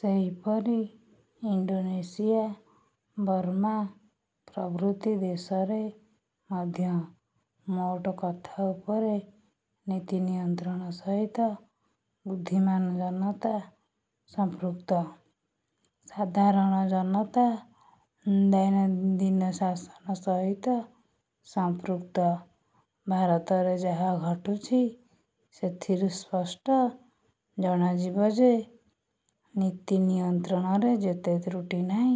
ସେହିପରି Indonesia, Burma ପ୍ରଭୃତି ଦେଶରେ ମଧ୍ୟ। ମୋଟ କଥା ଉପରେ ନୀତି ନିୟନ୍ତ୍ରଣ ସହିତ ବୁଦ୍ଧିମାନ ଜନତା ସଂପୃକ୍ତ। ସାଧାରଣ ଜନତା ଦୈନନ୍ଦିନ ଶାସନ ସହିତ ସଂପୃକ୍ତ। ଭାରତରେ ଯାହା ଘଟୁଛି ସେଥିରୁ ସ୍ପଷ୍ଟ ଜଣାଯିବ ଯେ ନୀତି ନିୟନ୍ତ୍ରଣରେ ଯେତେ ତ୍ରୁଟି ନାହିଁ,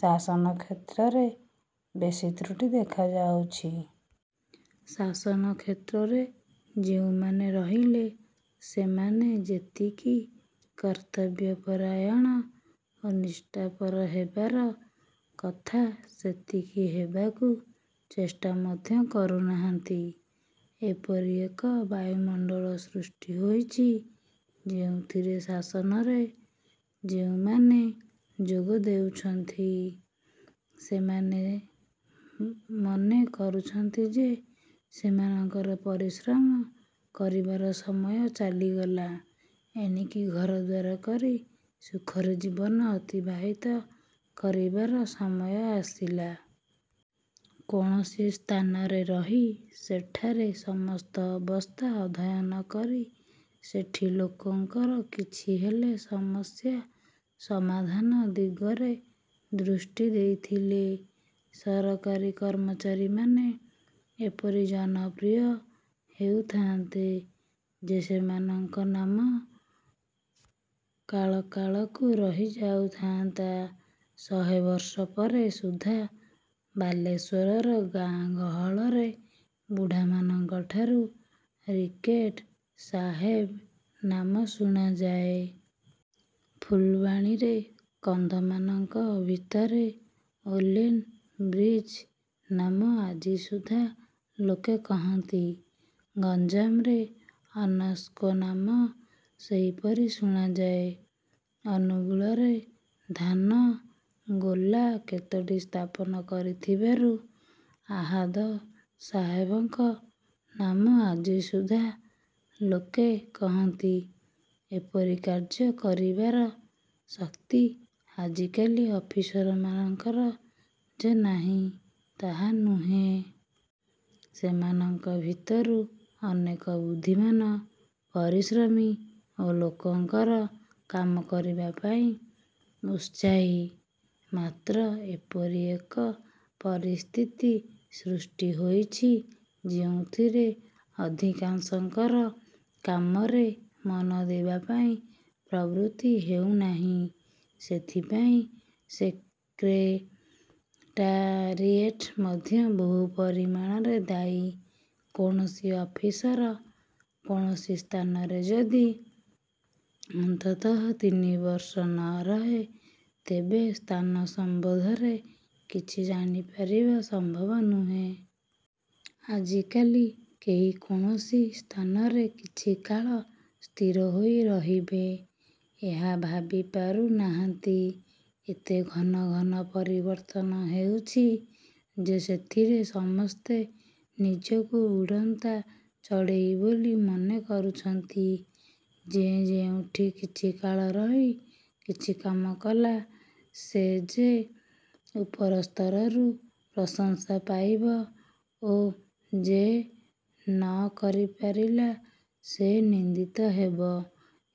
ଶାସନ କ୍ଷେତ୍ରରେ ବେଶି ତ୍ରୁଟି ଦେଖାଯାଉଛି। ଶାସନ କ୍ଷେତ୍ରରେ ଯେଉଁମାନେ ରହିଲେ, ସେମାନେ ଯେତିକି କର୍ତ୍ତବ୍ୟପରାୟଣ ଓ ନିଷ୍ଠାପର ହେବାର କଥା ସେତିକି ହେବାକୁ ଚେଷ୍ଟା ମଧ୍ୟ କରୁନାହାନ୍ତି। ଏପରି ଏକ ବାୟୁମଣ୍ଡଳ ସୃଷ୍ଟି ହୋଇଛି, ଯେଉଁଥିରେ ଶାସନରେ ଯେଉଁମାନେ ଯୋଗ ଦେଉଛନ୍ତି ସେମାନେ ମନେ କରୁଛନ୍ତି ଯେ ସେମାନଙ୍କର ପରିଶ୍ରମ କରିବାର ସମୟ ଚାଲିଗଲା, ଏଣିକି ଘରଦ୍ୱାର କରି ସୁଖରେ ଜୀବନ ଅତିବାହିତ କରିବାର ସମୟ ଆସିଲା। କୌଣସି ସ୍ଥାନରେ ରହି ସେଠାର ସମସ୍ତ ଅବସ୍ଥା ଅଧ୍ୟୟନ କରି ସେଠି ଲୋକଙ୍କର କିଛିହେଲେ ସମସ୍ୟା ସମାଧାନ ଦିଗରେ ଦୃଷ୍ଟି ଦେଇଥିଲେ, ସରକାରୀ କର୍ମଚାରୀମାନେ ଏପରି ଜନପ୍ରିୟ ହେଉଥାନ୍ତେ ଯେ ସେମାନଙ୍କ ନାମ କାଳକାଳକୁ ରହିଯାଉଥାନ୍ତା। ଶହେ ବର୍ଷ ପରେ ସୁଦ୍ଧା ବାଲେଶ୍ୱରର ଗାଁ ଗହଳରେ ବୁଢ଼ାମାନଙ୍କଠାରୁ ରିକେଟ ସାହେବ ନାମ ଶୁଣାଯାଏ। ଫୁଲବାଣୀରେ କନ୍ଧମାନଙ୍କ ଭିତରେ ଓଲେନ ବ୍ରିଚ ନାମ ଆଜିସୁଦ୍ଧା ଲୋକେ କହନ୍ତି। ଗଞ୍ଜାମରେ ଅନସ୍କୋ ନାମ ସେହିପରି ଶୁଣାଯାଏ। ଅନୁଗୁଳରେ ଧାନ ଗୋଲା କେତୋଟି ସ୍ଥାପନ କରିଥିବାରୁ ଆହାଦ ସାହେବଙ୍କ ନାମ ଆଜିସୁଦ୍ଧା ଲୋକେ କହନ୍ତି। ଏପରି କାର୍ଯ୍ୟ କରିବାର ଶକ୍ତି ଆଜିକାଲି ଅଫିସରମାନଙ୍କର ଯେ ନାହିଁ ତାହା ନୁହେଁ। ସେମାନଙ୍କ ଭିତରୁ ଅନେକ ବୁଦ୍ଧିମାନ, ପରିଶ୍ରମୀ ଓ ଲୋକଙ୍କର କାମ କରିବା ପାଇଁ ଉତ୍ସାହୀ; ମାତ୍ର ଏପରି ଏକ ପରିସ୍ଥିତି ସୃଷ୍ଟି ହୋଇଛି, ଯେଉଁଥିରେ ଅଧିକାଂଶଙ୍କର କାମରେ ମନ ଦେବାପାଇଁ ପ୍ରବୃତ୍ତି ହେଉନାହିଁ। ସେଥିପାଇଁ ସେକ୍ରେଟାରୀଏଟ ମଧ୍ୟ ବହୁ ପରିମାଣରେ ଦାୟୀ। କୌଣସି ଅଫିସର କୌଣସି ସ୍ଥାନରେ ଯଦି ଅନ୍ତତଃ ତିନିବର୍ଷ ନ ରହେ, ତେବେ ସ୍ଥାନ ସମ୍ବନ୍ଧରେ କିଛି ଜାଣିପାରିବା ସମ୍ଭବ ନୁହେଁ। ଆଜିକାଲି କେହି କୌଣସି ସ୍ଥାନରେ କିଛିକାଳ ସ୍ଥିର ହୋଇ ରହିବେ, ଏହା ଭାବିପାରୁନାହାନ୍ତି। ଏତେ ଘନ ଘନ ପରିବର୍ତ୍ତନ ହେଉଛି ଯେ ସେଥିରେ ସମସ୍ତେ ନିଜକୁ ଉଡ଼ନ୍ତା ଚଢ଼େଇ ବୋଲି ମନେ କରୁଛନ୍ତି। ଯେ ଯେଉଁଠି କିଛିକାଳ ରହି କିଛି କାମ କଲା ସେ ଯେ ଉପର ସ୍ତରରୁ ପ୍ରଶଂସା ପାଇବ ଓ ଯେ ନ କରିପାରିଲା ସେ ନିନ୍ଦିତ ହେବ-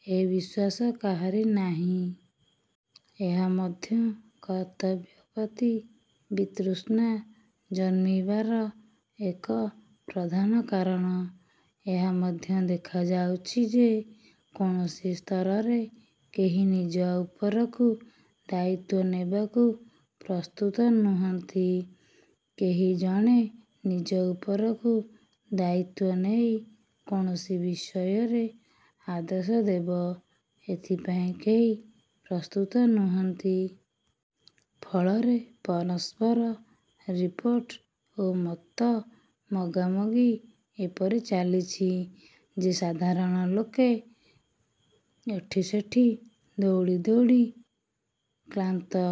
ଏ ବିଶ୍ୱାସ କାହାରି ନାହିଁ। ଏହା ମଧ୍ୟ କର୍ତ୍ତବ୍ୟ ପ୍ରତି ବିତୃଷ୍ଣା ଜନ୍ମିବାର ଏକ ପ୍ରଧାନ କାରଣ। ଏହା ମଧ୍ୟ ଦେଖାଯାଉଛି ଯେ କୌଣସି ସ୍ତରରେ କେହି ନିଜ ଉପରକୁ ଦାୟିତ୍ୱ ନେବାକୁ ପ୍ରସ୍ତୁତ ନୁହନ୍ତି। କେହି ଜଣେ ନିଜ ଉପରକୁ ଦାୟିତ୍ୱ ନେଇ କୌଣସି ବିଷୟରେ ଆଦେଶ ଦେବ, ଏଥିପାଇଁ କେହି ପ୍ରସ୍ତୁତ ନୁହନ୍ତି। ଫଳରେ ପରସ୍ପର ରିପୋର୍ଟ ଓ ମତ ମଗାମଗି ଏପରି ଚାଲିଛି ଯେ ସାଧାରଣ ଲୋକେ ଏଠିସେଠି ଦୌଡ଼ି ଦୌଡ଼ି କ୍ଳାନ୍ତ।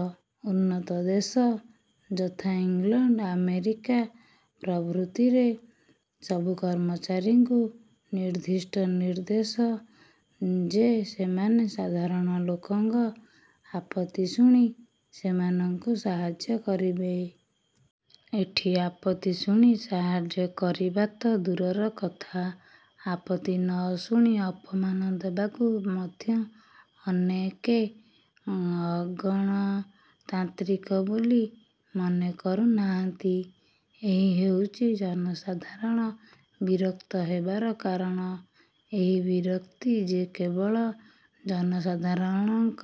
ଉନ୍ନତ ଦେଶ, ଯଥା- ଇଂଲଣ୍ଡ, ଆମେରିକା ପ୍ରଭୃତିରେ ସବୁ କର୍ମଚାରୀଙ୍କୁ ନିର୍ଦ୍ଦିଷ୍ଟ ନିର୍ଦ୍ଦେଶ ଯେ ସେମାନେ ସାଧାରଣ ଲୋକଙ୍କ ଆପତ୍ତି ଶୁଣି ସେମାନଙ୍କୁ ସାହାଯ୍ୟ କରିବେ। ଏଠି ଆପତ୍ତି ଶୁଣି ସାହାଯ୍ୟ କରିବା ତ ଦୂରର କଥା, ଆପତ୍ତି ନ ଶୁଣି ଅପମାନ ଦେବାକୁ ମଧ୍ୟ ଅନେକେ ଅଗଣତାନ୍ତ୍ରିକ ବୋଲି ମନେ କରୁନାହାନ୍ତି। ଏହି ହେଉଛି ଜନସାଧାରଣ ବିରକ୍ତ ହେବାର କାରଣ। ଏହି ବିରକ୍ତି ଯେ କେବଳ ଜନସାଧାରଣଙ୍କ